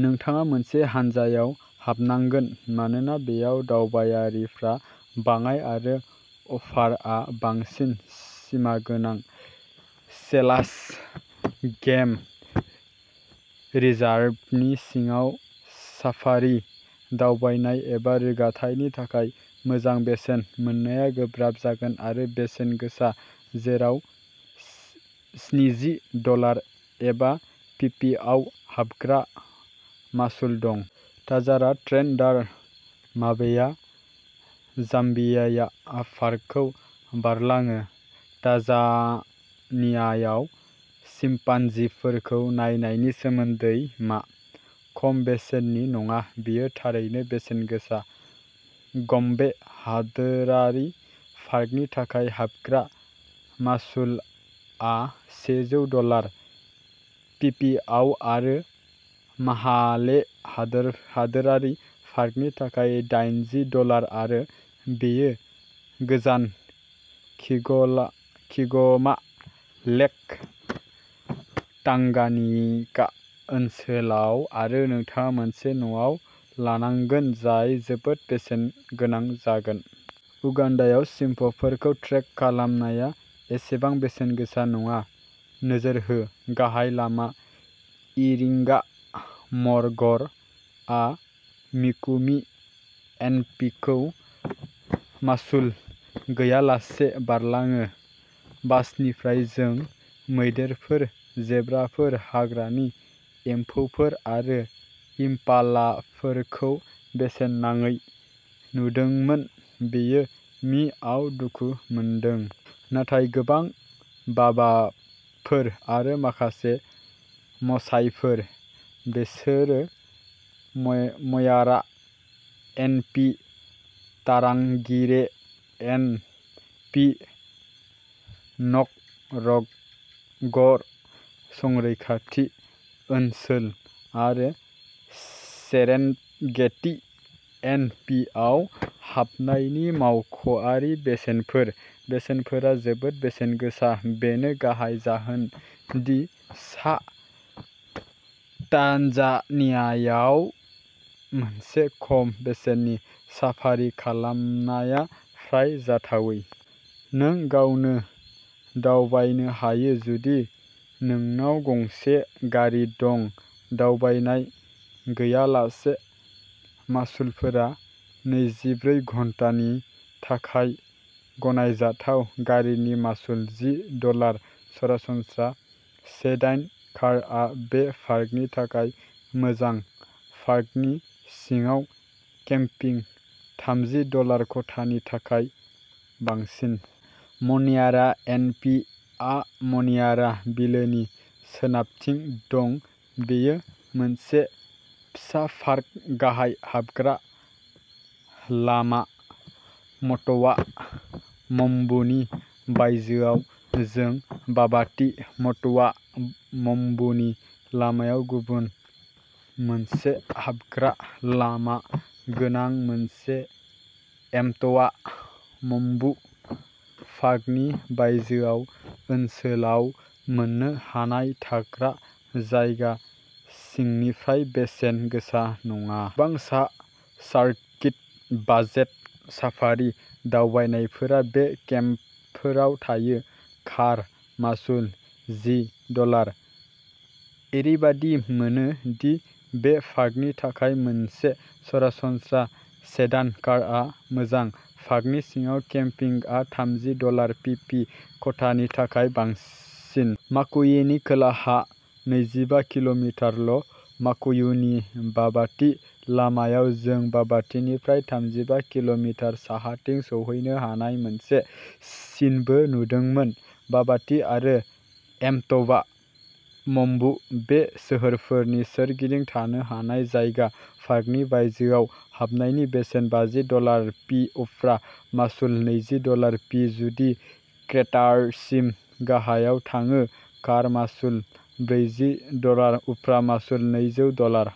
नोंथाङा मोनसे हान्जायाव हाबनांगोन, मानोना बेयाव दावबायारिफ्रा बाङाय आरो अफारआ बांसिन सिमागोनां, सेलास गेम रिजार्भनि सिङाव साफारि दावबायनाय एबा रोगाथायनि थाखाय मोजां बेसेन मोननाया गोब्राब जागोन आरो बेसेन गोसा, जेराव स्निजि डलार एबा पिपिआव हाबग्रा मासुल दं। ताजारा ट्रेन दार-मबेया-जाम्बियाया पार्कखौ बारलाङो। तान्जानियायाव चिम्पान्जिफोरखौ नायनायनि सोमोन्दै मा? खम बेसेननि नङा, बेयो थारैनो बेसेन गोसा। गम्बे हादोरारि पार्कनि थाखाय हाबग्रा मासुलआ सेजौ डलार पिपिआव आरो माहाले हादोरारि पार्कनि थाखाय दाइनजि डलार आरो बेयो गोजान, किग'ला किग'मा-लेक टांगानिका ओनसोलाव आरो नोंथाङा मोनसे नाव लानांगोन जाय जोबोद बेसेन गोनां जागोन। उगान्डायाव, चिम्पफोरखौ ट्रेक खालामनाया एसेबां बेसेन गोसा नङा। नोजोर हो गाहाय लामा इरिंगा-मर'गर'आ मिकुमि एनपिखौ मासुल गैयालासे बारलाङो। बासनिफ्राय, जों मैदेरफोर, जेब्राफोर, हाग्रानि एम्फौफोर आरो इम्पालाफोरखौ बेसेन नाङै नुदोंमोन बेयो मि आव दुखु मोनदों। नाथाय गोबां बाबाबफोर आरो माखासे मसाइफोर। बेफोरो Manyara N P, Tarangire N P, Ngorongoro' संरैखाथि ओनसोल आरो सेरेनगेटि एन पि आव हाबनायनि मावख'आरि बेसेनफोर। बेसेनफोरा जोबोद बेसेन गोसा, बेनो गाहाय जाहोन दि सा तान्जानियायाव मोनसे खम बेसेननि साफारि खालामनाया फ्राय जाथावै। नों गावनो दावबायनो हायो, जुदि नोंनाव गंसे गारि दं, दावबायनाय गैयालासे मासुलफोरा नैजिब्रै घन्टानि थाखाय गनायजाथाव। गारिनि मासुलः जि डलार। सरासनस्रा सेडान कारआ बे पार्कनि थाखाय मोजां। पार्कनि सिङाव केम्पिंः थामजि डलार खथानि थाखाय बांसिन। मन्यारा एन पि आ मन्यारा बिलोनि सोनाबथिं दं, बेयो मोनसे फिसा पार्क। गाहाय हाबग्रा लामाआ म्ट'वा म्बुनि बायजोआव। जों बाबाति-म्ट'वा म्बुनि लामायाव गुबुन मोनसे हाबग्रा लामा गोनां मोनसे एमट'वा म्बु पार्कनि बायजोआव, ओनसोलाव मोननो हानाय थाग्रा जायगा, सिंनिफ्राय बेसेन गोसा नङा। गोबां सा सार्किट बाजेट साफारि दावबायनायफोरा बे केम्पफोराव थायो। कार मासुलः जि डलार। ओरैबायदि मोनो दि बे पार्कनि थाखाय मोनसे सरासनस्रा सेडान कारआ मोजां। पार्कनि सिङाव केम्पिंगआ थामजि डलार पि पि। खथानि थाखाय बांसिन। माकुयुनिनि खोलाहा नैजिबा किल'मिटारल', माकुयुनि-बाबाति लामायाव। जों बाबातिनिफ्राय थामजिबा किल'मिटार साहाथिं सौहैनो हानाय मोनसे सिनबो नुदोंमोन। बाबाति आरो एमट'वा मम्बु बे सोहोरफोरनि सोरगिदिं थानो हानाय जायगा, पार्कनि बायजोआव। हाबनायनि बेसेनः बाजि डलार पि उफ्रा मासुलः नैजि डलार पि जुदि क्रेटारसिम गाहायाव थाङो। कार मासुलः ब्रैजि डलार। उफ्रा मासुलः नैजौ डलार।